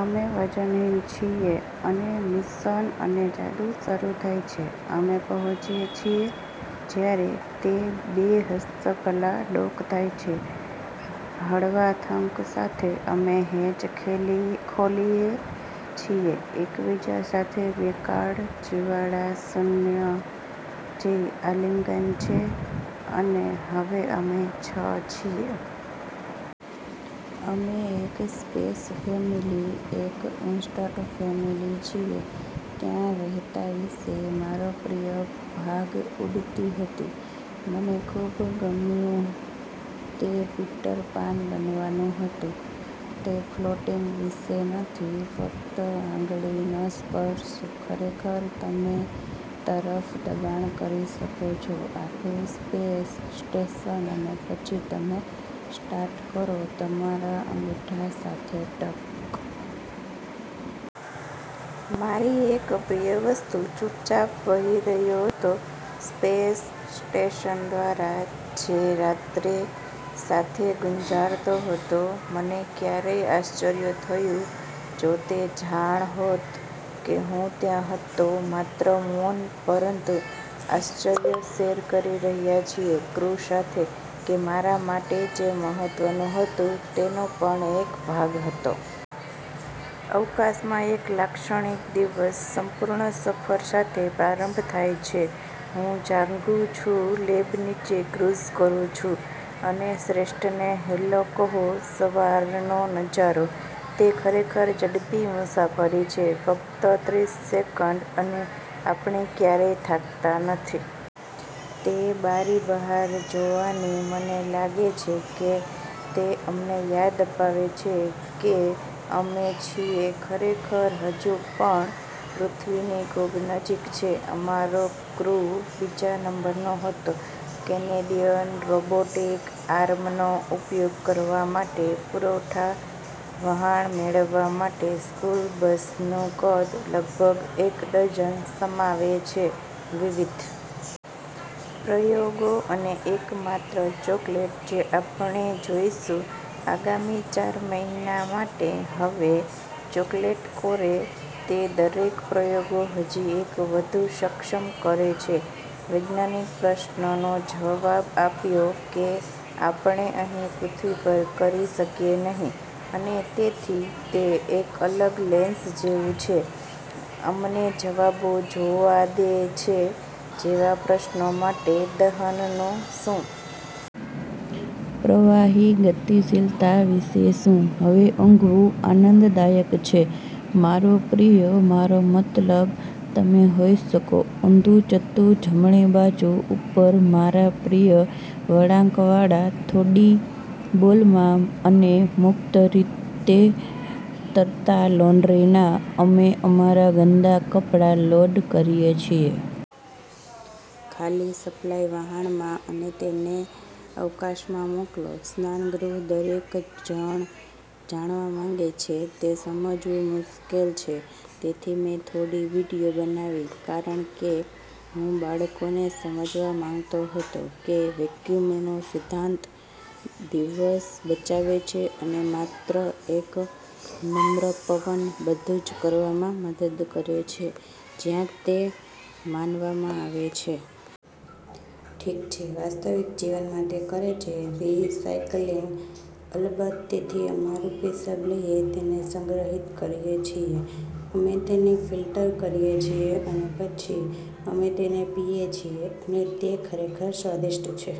અમે વજનહીન છીએ. અને મિશન અને જાદુ શરૂ થાય છે. અમે પહોંચીએ છીએ જ્યારે તે બે હસ્તકલા ડોક થાય છે હળવા થંક સાથે. અમે હેચ ખોલીએ છીએ, એકબીજા સાથે બેકાળજિવાળા શૂન્ય જી આલિંગન છે અને હવે અમે છ છીએ. અમે એક સ્પેસ ફેમિલી, એક ઇન્સ્ટન્ટ ફેમિલી છીએ. ત્યાં રહેતા વિશે મારો પ્રિય ભાગ ઉડતી હતી. મને ખુબ ગમ્યું. તે પીટર પાન બનવાનું હતું. તે ફ્લોટિંગ વિશે નથી. ફક્ત આંગળીનો સ્પર્શ ખરેખર તમે તરફ દબાણ કરી શકો છો આખું સ્પેસ સ્ટેશન, અને પછી તમે સ્ટાર્ટ કરો તમારા અંગૂઠા સાથે ટક. મારી એક પ્રિય વસ્તુ ચૂપચાપ વહી રહ્યો હતો સ્પેસ સ્ટેશન દ્વારા, જે રાત્રે સાથે ગુંજારતો હતો. મને ક્યારેક આશ્ચર્ય થયું જો તે જાણ હોત કે હું ત્યાં હતો માત્ર મૌન, પરંતુ આશ્ચર્ય શેર કરી રહ્યા છીએ ક્રૂ સાથે કે મારા માટે જે મહત્ત્વનું હતું તેનો પણ એક ભાગ હતો. અવકાશમાં એક લાક્ષણિક દિવસ સંપૂર્ણ સફર સાથે પ્રારંભ થાય છે. હું જાગું છું, લેબ નીચે ક્રુઝ કરું છું અને શ્રેષ્ઠને હેલો કહો સવારનો નજારો. તે ખરેખર ઝડપી મુસાફરી છે, ફક્ત ત્રીસ સેકંડ અને આપણે ક્યારેય થાકતા નથી. તે બારી બહાર જોવાની મને લાગે છે કે તે અમને યાદ અપાવે છે કે અમે છીએ ખરેખર હજુ પણ પૃથ્વીની ખૂબ નજીક છે. અમારો ક્રૂ બીજા નંબરનો હતો. કેનેડિયન રોબોટિક આર્મનો ઉપયોગ કરવા માટે પુરવઠા વહાણ મેળવવા માટે સ્કૂલ બસનું કદ લગભગ એક ડઝન સમાવે છે .વિવિધ પ્રયોગો અને એકમાત્ર ચોકલેટ જે આપણે જોઈશું આગામી ચાર મહિના માટે. હવે, ચોકલેટ કોરે, તે દરેક પ્રયોગો હજી એક વધુ સક્ષમ કરે છે વૈજ્ઞાનિક પ્રશ્નનો જવાબ આપ્યો કે આપણે અહીં પૃથ્વી પર કરી શકીએ નહીં અને તેથી તે એક અલગ લેન્સ જેવું છે, અમને જવાબો જોવા દે છે જેવા પ્રશ્નો માટે, દહનનું શું? પ્રવાહી ગતિશીલતા વિશે શું? હવે ઉંઘવુ આનંદદાયક છે. મારો પ્રિય મારો મતલબ, તમે હોઈ શકો ઉધું-ચત્તુ, જમણી બાજુ ઉપર મારા પ્રિય વળાંકવાળા થોડી બોલમાં અને મુક્ત રીતે તરતા લોન્ડ્રી ના અમે અમારા ગંદા કપડા લોડ કરીએ છીએ. ખાલી સપ્લાય વહાણમાં અને તેને અવકાશમાં મોકલો. સ્નાનગૃહ. દરેક જણ જાણવા માંગે છે. તે સમજવું મુશ્કેલ છે, તેથી મેં થોડી વિડિઓ બનાવી, કારણ કે હું બાળકોને સમજવા માંગતો હતો કે વેક્યૂમનો સિદ્ધાંત દિવસ બચાવે છે અને તે માત્ર એક નમ્ર પવન બધું જ કરવામાં મદદ કરે છે, જ્યાં તે માનવામાં આવે છે. ઠીક છે, વાસ્તવિક જીવનમાં તે કરે છે. રિસાયક્લિંગ. અલબત્ત. તેથી અમારું પેશાબ લઈએ તેનેસંગ્રહિત કરીએ છીએ, અમે તેને ફિલ્ટર કરીએ છીએ અને પછી અમે તેને પીએ છીએ અને તે ખરેખર સ્વાદિષ્ટ છે.